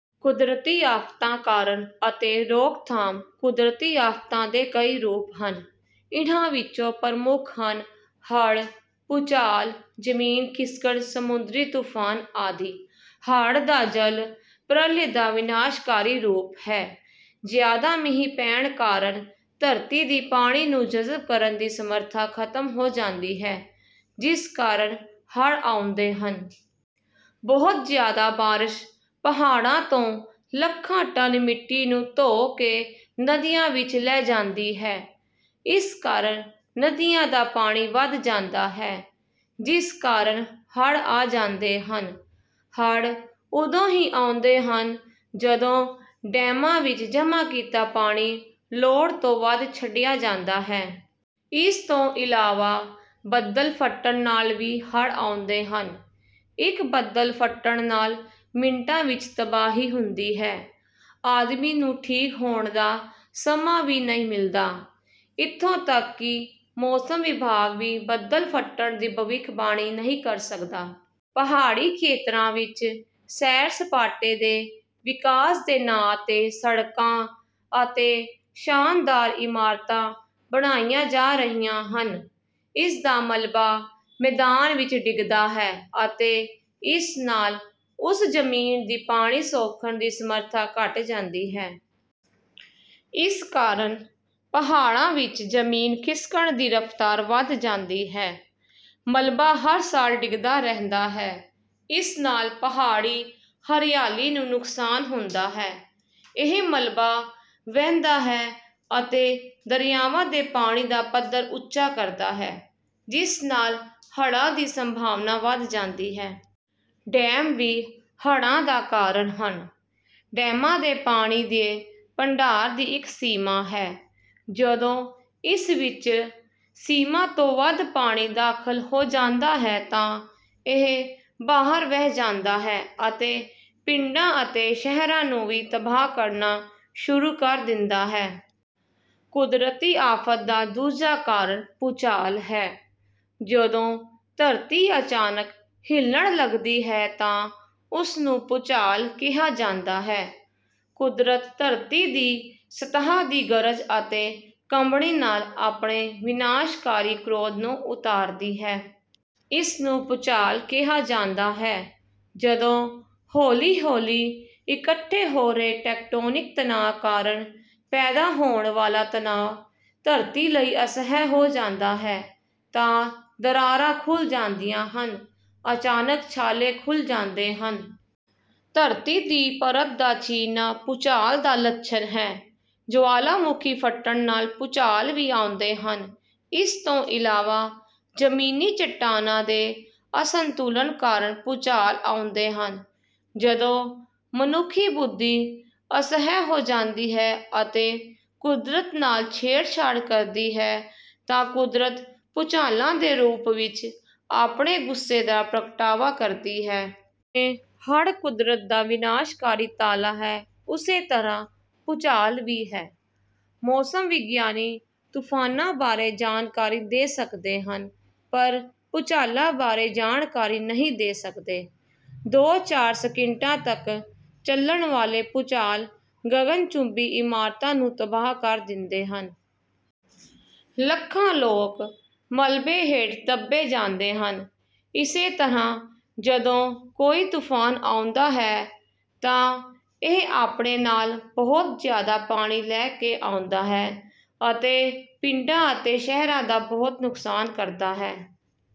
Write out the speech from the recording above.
ਕੁਦਰਤੀ ਆਫ਼ਤਾਂ-ਕਾਰਨ ਅਤੇ ਰੋਕਥਾਮ ਕੁਦਰਤੀ ਆਫ਼ਤਾਂ ਦੇ ਕਈ ਰੂਪ ਹਨ। ਇਨ੍ਹਾਂ ਵਿੱਚੋਂ ਪ੍ਰਮੁੱਖ ਹਨ ਹੜ੍ਹ, ਭੂਚਾਲ, ਜ਼ਮੀਨ ਖਿਸਕਣ, ਸਮੁੰਦਰੀ ਤੂਫ਼ਾਨ ਆਦਿ। ਹੜ੍ਹ ਦਾ ਜਲ ਪ੍ਰਲਯ ਦਾ ਵਿਨਾਸ਼ਕਾਰੀ ਰੂਪ ਹੈ। ਜ਼ਿਆਦਾ ਮੀਂਹ ਪੈਣ ਕਾਰਨ ਧਰਤੀ ਦੀ ਪਾਣੀ ਨੂੰ ਜਜ਼ਬ ਕਰਨ ਦੀ ਸਮਰੱਥਾ ਖਤਮ ਹੋ ਜਾਂਦੀ ਹੈ, ਜਿਸ ਕਾਰਨ ਹੜ੍ਹ ਆਉਂਦੇ ਹਨ। ਬਹੁਤ ਜ਼ਿਆਦਾ ਬਾਰਸ਼ ਪਹਾੜਾਂ ਤੋਂ ਲੱਖਾਂ ਟਨ ਮਿੱਟੀ ਨੂੰ ਧੋ ਕੇ ਨਦੀਆਂ ਵਿੱਚ ਲੈ ਜਾਂਦੀ ਹੈ। ਇਸ ਕਾਰਨ ਨਦੀਆਂ ਦਾ ਪਾਣੀ ਵੱਧ ਜਾਂਦਾ ਹੈ ਜਿਸ ਕਾਰਨ ਹੜ੍ਹ ਆ ਜਾਂਦੇ ਹਨ। ਹੜ੍ਹ ਉਦੋਂ ਵੀ ਆਉਂਦੇ ਹਨ ਜਦੋਂ ਡੈਮਾਂ ਵਿੱਚ ਜਮਾਂ ਕੀਤਾ ਪਾਣੀ ਲੋੜ ਤੋਂ ਵੱਧ ਛੱਡਿਆ ਜਾਂਦਾ ਹੈ। ਇਸ ਤੋਂ ਇਲਾਵਾ ਬੱਦਲ ਫੱਟਣ ਨਾਲ ਵੀ ਹੜ੍ਹ ਆਉਂਦੇ ਹਨ। ਇੱਕ ਬੱਦਲ ਫਟਣ ਨਾਲ ਮਿੰਟਾਂ ਵਿੱਚ ਤਬਾਹੀ ਹੁੰਦੀ ਹੈ। ਆਦਮੀ ਨੂੰ ਠੀਕ ਹੋਣ ਦਾ ਸਮਾਂ ਵੀ ਨਹੀਂ ਮਿਲਦਾ। ਇੱਥੋਂ ਤੱਕ ਕਿ ਮੌਸਮ ਵਿਭਾਗ ਵੀ ਬੱਦਲ ਫਟਣ ਦੀ ਭਵਿੱਖਬਾਣੀ ਨਹੀਂ ਕਰ ਸਕਦਾ। ਪਹਾੜੀ ਖੇਤਰਾਂ ਵਿੱਚ ਸੈਰ-ਸਪਾਟੇ ਦੇ ਵਿਕਾਸ ਦੇ ਨਾਂ 'ਤੇ ਸੜਕਾਂ ਅਤੇ ਸ਼ਾਨਦਾਰ ਇਮਾਰਤਾਂ ਬਣਾਈਆਂ ਜਾ ਰਹੀਆਂ ਹਨ। ਇਸ ਦਾ ਮਲਬਾ ਮੈਦਾਨ ਵਿੱਚ ਡਿੱਗਦਾ ਹੈ ਅਤੇ ਇਸ ਨਾਲ ਉਸ ਜ਼ਮੀਨ ਦੀ ਪਾਣੀ ਸੋਖਣ ਦੀ ਸਮਰੱਥਾ ਘਟ ਜਾਂਦੀ ਹੈ। ਇਸ ਕਾਰਨ ਪਹਾੜਾਂ ਵਿੱਚ ਜ਼ਮੀਨ ਖਿਸਕਣ ਦੀ ਰਫ਼ਤਾਰ ਵੱਧ ਜਾਂਦੀ ਹੈ। ਮਲਬਾ ਹਰ ਸਾਲ ਡਿੱਗਦਾ ਰਹਿੰਦਾ ਹੈ। ਇਸ ਨਾਲ ਪਹਾੜੀ ਹਰਿਆਲੀ ਨੂੰ ਨੁਕਸਾਨ ਹੁੰਦਾ ਹੈ। ਇਹ ਮਲਬਾ ਵਹਿੰਦਾ ਹੈ ਅਤੇ ਦਰਿਆਵਾਂ ਦੇ ਪਾਣੀ ਦਾ ਪੱਧਰ ਉੱਚਾ ਕਰਦਾ ਹੈ, ਜਿਸ ਨਾਲ ਹੜ੍ਹਾਂ ਦੀ ਸੰਭਾਵਨਾ ਵਧ ਜਾਂਦੀ ਹੈ। ਡੈਮ ਵੀ ਹੜ੍ਹਾਂ ਦਾ ਕਾਰਨ ਹਨ। ਡੈਮਾਂ ਦੇ ਪਾਣੀ ਦੇ ਭੰਡਾਰ ਦੀ ਇੱਕ ਸੀਮਾ ਹੈ। ਜਦੋਂ ਇਸ ਵਿੱਚ ਸੀਮਾ ਤੋਂ ਵੱਧ ਪਾਣੀ ਦਾਖਲ ਹੋ ਜਾਂਦਾ ਹੈ, ਤਾਂ ਇਹ ਬਾਹਰ ਵਹਿ ਜਾਂਦਾ ਹੈ ਅਤੇ ਪਿੰਡਾਂ ਅਤੇ ਸ਼ਹਿਰਾਂ ਨੂੰ ਵੀ ਤਬਾਹ ਕਰਨਾ ਸ਼ੁਰੂ ਕਰ ਦਿੰਦਾ ਹੈ। ਕੁਦਰਤੀ ਆਫ਼ਤ ਦਾ ਦੂਜਾ ਕਾਰਨ ਭੂਚਾਲ ਹੈ। ਜਦੋਂ ਧਰਤੀ ਅਚਾਨਕ ਹਿੱਲਣ ਲੱਗਦੀ ਹੈ ਤਾਂ ਉਸ ਨੂੰ ਭੂਚਾਲ ਕਿਹਾ ਜਾਂਦਾ ਹੈ। ਕੁਦਰਤ ਧਰਤੀ ਦੀ ਸਤ੍ਹਾ ਦੀ ਗਰਜ ਅਤੇ ਕੰਬਣੀ ਨਾਲ ਆਪਣੇ ਵਿਨਾਸ਼ਕਾਰੀ ਕ੍ਰੋਧ ਨੂੰ ਉਤਾਰਦੀ ਹੈ। ਇਸ ਨੂੰ ਭੂਚਾਲ ਕਿਹਾ ਜਾਂਦਾ ਹੈ। ਜਦੋਂ ਹੌਲੀ-ਹੌਲੀ ਇਕੱਠੇ ਹੋ ਰਹੇ ਟੈਕਟੋਨਿਕ ਤਣਾਅ ਕਾਰਨ ਪੈਦਾ ਹੋਣ ਵਾਲਾ ਤਣਾਅ ਧਰਤੀ ਲਈ ਅਸਹਿ ਹੋ ਜਾਂਦਾ ਹੈ, ਤਾਂ ਦਰਾਰਾਂ ਖੁੱਲ੍ਹ ਜਾਂਦੀਆਂ ਹਨ। ਅਚਾਨਕ ਛਾਲੇ ਖੁੱਲ੍ਹ ਜਾਂਦੇ ਹਨ। ਧਰਤੀ ਦੀ ਪਰਤ ਦਾ ਚੀਰਨਾ ਭੂਚਾਲ ਦਾ ਲੱਛਣ ਹੈ। ਜਵਾਲਾਮੁਖੀ ਫਟਣ ਨਾਲ ਭੂਚਾਲ ਵੀ ਆਉਂਦੇ ਹਨ। ਇਸ ਤੋਂ ਇਲਾਵਾ ਜ਼ਮੀਨੀ ਚੱਟਾਨਾਂ ਦੇ ਅਸੰਤੁਲਨ ਕਾਰਨ ਭੂਚਾਲ ਆਉਂਦੇ ਹਨ। ਜਦੋਂ ਮਨੁੱਖੀ ਬੁੱਧੀ ਅਸਹਿ ਹੋ ਜਾਂਦੀ ਹੈ ਅਤੇ ਕੁਦਰਤ ਨਾਲ ਛੇੜਛਾੜ ਕਰਦੀ ਹੈ ਤਾਂ ਕੁਦਰਤ ਭੁਚਾਲਾਂ ਦੇ ਰੂਪ ਵਿੱਚ ਆਪਣੇ ਗੁੱਸੇ ਦਾ ਪ੍ਰਗਟਾਵਾ ਕਰਦੀ ਹੈ। ਜਿਵੇਂ ਹੜ੍ਹ ਕੁਦਰਤ ਦਾ ਵਿਨਾਸ਼ਕਾਰੀ ਤਾਲਾ ਹੈ, ਉਸੇ ਤਰ੍ਹਾਂ ਭੂਚਾਲ ਵੀ ਹੈ। ਮੌਸਮ ਵਿਗਿਆਨੀ ਤੂਫਾਨਾਂ ਬਾਰੇ ਜਾਣਕਾਰੀ ਦੇ ਸਕਦੇ ਹਨ ਪਰ ਭੂਚਾਲਾਂ ਬਾਰੇ ਜਾਣਕਾਰੀ ਨਹੀਂ ਦੇ ਸਕਦੇ। ਦੋ-ਚਾਰ ਸਕਿੰਟਾਂ ਤੱਕ ਚੱਲਣ ਵਾਲੇ ਭੁਚਾਲ ਗਗਨਚੁੰਬੀ ਇਮਾਰਤਾਂ ਨੂੰ ਤਬਾਹ ਕਰ ਦਿੰਦੇ ਹਨ। ਲੱਖਾਂ ਲੋਕ ਮਲਬੇ ਹੇਠ ਦੱਬੇ ਜਾਂਦੇ ਹਨ। ਇਸੇ ਤਰ੍ਹਾਂ ਜਦੋਂ ਕੋਈ ਤੂਫਾਨ ਆਉਂਦਾ ਹੈ ਤਾਂ ਇਹ ਆਪਣੇ ਨਾਲ ਬਹੁਤ ਜ਼ਿਆਦਾ ਪਾਣੀ ਲੈ ਕੇ ਆਉਂਦਾ ਹੈ ਅਤੇ ਪਿੰਡਾਂ ਅਤੇ ਸ਼ਹਿਰਾਂ ਦਾ ਬਹੁਤ ਨੁਕਸਾਨ ਕਰਦਾ ਹੈ।